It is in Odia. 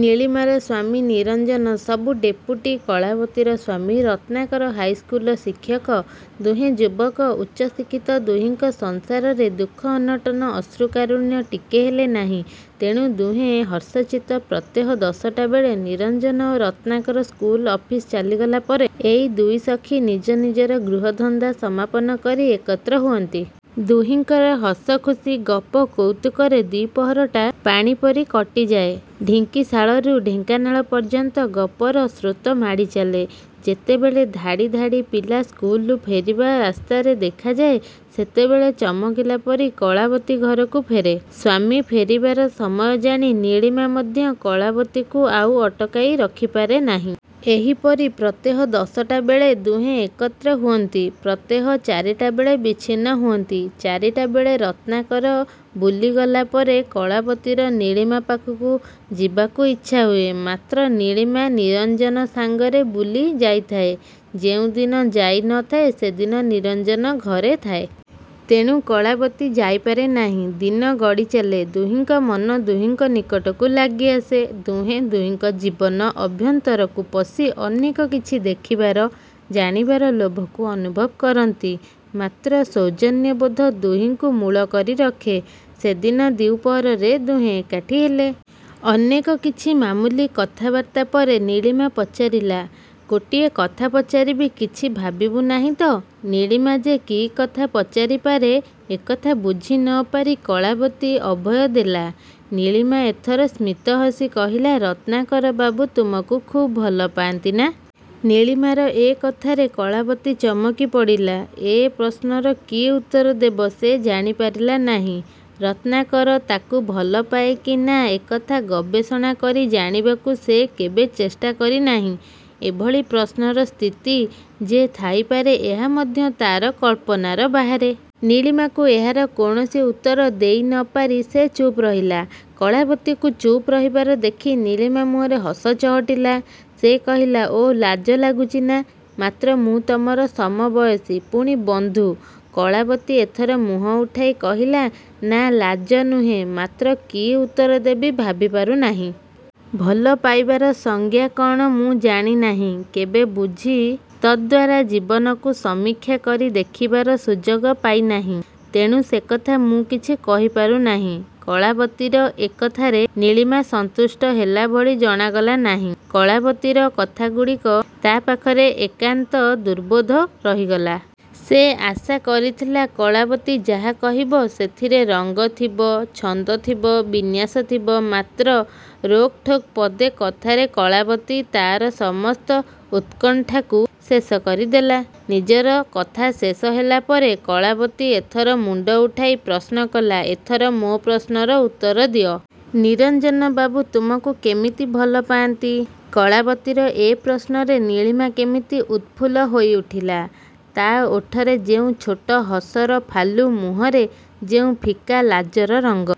ନୀଳିମାର ସ୍ୱାମୀ ନିରଞ୍ଜନ ସବୁ-ଡେପୁଟି। କଳାବତୀର ସ୍ୱାମୀ ରତ୍ନାକର ହାଇସ୍କୁଲର ଶିକ୍ଷକ। ଦୁହେଁ ଯୁବକ, ଉଚ୍ଚ ଶିକ୍ଷିତ। ଦୁହିଁଙ୍କ ସଂସାରରେ ଦୁଃଖ ଅନଟନ, ଅଶ୍ରୁକାରୁଣ୍ୟ ଟିକେ ହେଲେ ନାହିଁ। ତେଣୁ ଦୁହେଁ ହର୍ଷଚିତ୍ତ। ପ୍ରତ୍ୟହ ଦଶଟା ବେଳେ ନିରଞ୍ଜନ ଓ ରତ୍ନାକର ସ୍କୁଲ, ଅଫିସ ଚାଲିଗଲା ପରେ ଏଇ ଦୁଇ ସଖୀ ନିଜ ନିଜର ଗୃହ ଧନ୍ଦା ସମାପନ କରି ଏକତ୍ର ହୁଅନ୍ତି। ଦୁହିଁଙ୍କର ହସଖୁସୀ ଗପ କୌତୁକରେ ଦ୍ଵିପ୍ରହରଟା ପାଣିପରି କଟିଯାଏ, ଢିଙ୍କିଶାଳରୁ ଢେଙ୍କାନାଳ ପର୍ଯ୍ୟନ୍ତ ଗପର ସ୍ରୋତ ମାଡ଼ି ଚାଲେ। ଯେତେବେଳେ ଧାଡ଼ି ଧାଡ଼ି ପିଲା ସ୍କୁଲରୁ ଫେରିବା ରାସ୍ତାରେ ଦେଖାଯାଏ, ସେତେବେଳେ ଚମକିଲାପରି କଳାବତୀ ଘରକୁ ଫେରେ। ସ୍ୱାମୀ ଫେରିବାର ସମୟ ଜାଣି ନୀଳିମା ମଧ୍ୟ କଳାବତୀକୁ ଆଉ ଅଟକାଇ ରଖିପାରେ ନାହିଁ। ଏହିପରି ପ୍ରତ୍ୟହ ଦଶଟା ବେଳେ ଦୁହେଁ ଏକତ୍ର ହୁଅନ୍ତି। ପ୍ରତ୍ୟହ ଚାରିଟା ବେଳେ ବିଚ୍ଛିନ୍ନ ହୁଅନ୍ତି। ଚାରିଟା ବେଳେ ରତ୍ନାକର ବୁଲିଗଲା ପରେ, କଳାବତୀର ନୀଳିମା ପାଖକୁ ଯିବାକୁ ଇଚ୍ଛାହୁଏ। ମାତ୍ର ନୀଳିମା ନିରଞ୍ଜନ ସାଙ୍ଗରେ ବୁଲି ଯାଇଥାଏ, ଯେଉଁଦିନ ଯାଇ ନ ଥାଏ, ସେଦିନ ନିରଞ୍ଜନ ଘରେ ଥାଏ! ତେଣୁ କଳାବତୀ ଯାଇପାରେ ନାହିଁ। ଦିନ ଗଡ଼ି ଚାଲେ। ଦୁହିଙ୍କ ମନ ଦୁହିଙ୍କ ନିକଟକୁ ଲାଗି ଆସେ। ଦୁହେଁ ଦୁହିଙ୍କ ଜୀବନ ଆଭ୍ୟନ୍ତରକୁ ପଶି, ଅନେକ କିଛି ଦେଖିବାର, ଜାଣିବାର ଲୋଭକୁ ଅନୁଭବ କରନ୍ତି। ମାତ୍ର ସୌଜନ୍ୟବୋଧ ଦୁହିଁଙ୍କୁ ମୂଳ କରି ରଖେ। ସେଦିନ ଦ୍ଵିପ୍ରହରରେ ଦୁହେଁ ଏକାଠି ହେଲେ। ଅନେକ କିଛି ମାମୁଲି କଥାବାର୍ତ୍ତା ପରେ, ନୀଳିମା ପଚାରିଲା, "ଗୋଟିଏ କଥା ପଚାରିବି, କିଛି ଭାବିବୁ ନାହିଁ ତ? "ନୀଳିମା ଯେ କି କଥା ପଚାରି ପାରେ, ଏକଥା ବୁଝି ନ ପାରି କଳାବତୀ ଅଭୟ ଦେଲା। ନୀଳିମା ଏଥର ସ୍ମିତ ହସି କହିଲା, "ରତ୍ନାକରବାବୁ ତମକୁ ଖୁବ୍ ଭଲପାନ୍ତି ନା?" ନୀଳିମାର ଏ କଥାରେ କଳାବତୀ ଚମକି ପଡ଼ିଲା। ଏ ପ୍ରଶ୍ନର କି ଉତ୍ତର ଦେବ ସେ ଜାଣିପାରିଲା ନାହିଁ। ରତ୍ନାକର ତାକୁ ଭଲପାଏ କି ନା ଏକଥା ଗବେଷଣା କରି ଜାଣିବାକୁ ସେ କେବେ ଚେଷ୍ଟା କରି ନାହିଁ। ଏଭଳି ପ୍ରଶ୍ନର ସ୍ଥିତି ଯେ ଥାଇପାରେ ଏହା ମଧ୍ୟ ତା'ର କଳ୍ପନାର ବାହାରେ। ନୀଳିମାକୁ ଏହାର କୌଣସି ଉତ୍ତର ଦେଇ ନ ପାରି ସେ ଚୁପ୍ ରହିଲା। କଳାବତୀକୁ ଚୁପ୍ ରହିବାର ଦେଖି ନୀଳିମା ମୁହଁରେ ହସ ଚହଟିଲା। ସେ କହିଲା, "ଓଃ ଲାଜ ଲାଗୁଚି ନା! ମାତ୍ର ମୁଁ ତମର ସମବୟସୀ ପୁଣି ବନ୍ଧୁ!" କଳାବତୀ ଏଥର ମୁହଁ ଉଠାଇ କହିଲା, "ନା, ଲାଜ ନୁହେ, ମାତ୍ର କି ଉତ୍ତର ଦେବି ଭାବିପାରୁ ନାହିଁ।" ଭଲ ପାଇବାର ସଂଜ୍ଞା କ'ଣ ମୁଁ ଜାଣି ନାହିଁ। କେବେ ବୁଝି ତଦ୍ଦ୍ୱାରା ଜୀବନକୁ ସମୀକ୍ଷା କରି ଦେଖିବାର ସୁଯୋଗ ପାଇ ନାହିଁ। ତେଣୁ ସେକଥା ମୁଁ କିଛି କହିପାରୁ ନାହିଁ।" କଳାବତୀର ଏକଥାରେ ନୀଳିମା ସନ୍ତୁଷ୍ଟ ହେଲା ଭଳି ଜଣାଗଲା ନାହିଁ। କଳାବତୀର କଥାଗୁଡ଼ିକ ତା' ପାଖରେ ଏକାନ୍ତ ଦୁର୍ବୋଧ୍ୟ ରହିଗଲା। ସେ ଆଶା କରିଥିଲା କଳାବତୀ ଯାହା କହିବ, ସେଥିରେ ରଙ୍ଗ ଥିବ, ଛନ୍ଦ ଥିବ, ବିନ୍ୟାସ ଥିବ। ମାତ୍ର ରୋକଠୋକ୍ ପଦେ କଥାରେ କଳାବତୀ ତା'ର ସମସ୍ତ ଉତ୍କଣ୍ଠାକୁ ଶେଷ କରି ଦେଲା। ନିଜର କଥା ଶେଷ ହେଲା ପରେ, କଳାବତୀ ଏଥର ମୁଣ୍ଡ ଉଠାଇ ପ୍ରଶ୍ନ କଲା, "ଏଥର ମୋ' ପ୍ରଶ୍ନର ଉତ୍ତର ଦିଅ?" ନିରଞ୍ଜନବାବୁ ତମକୁ କେମିତି ଭଲ ପାଆନ୍ତି? କଳାବତୀର ଏ ପ୍ରଶ୍ନରେ ନୀଳିମା କେମିତି ଉତ୍ତଫୁଲ୍ଲ ହୋଇ ଉଠିଲା। ତା' ଓଠରେ ଯେଉଁ ଛୋଟ ହସର ଫାଲୁ, ମୁହଁରେ ଯେଉଁ ଫିକା ଲାଜର ରଙ୍ଗ।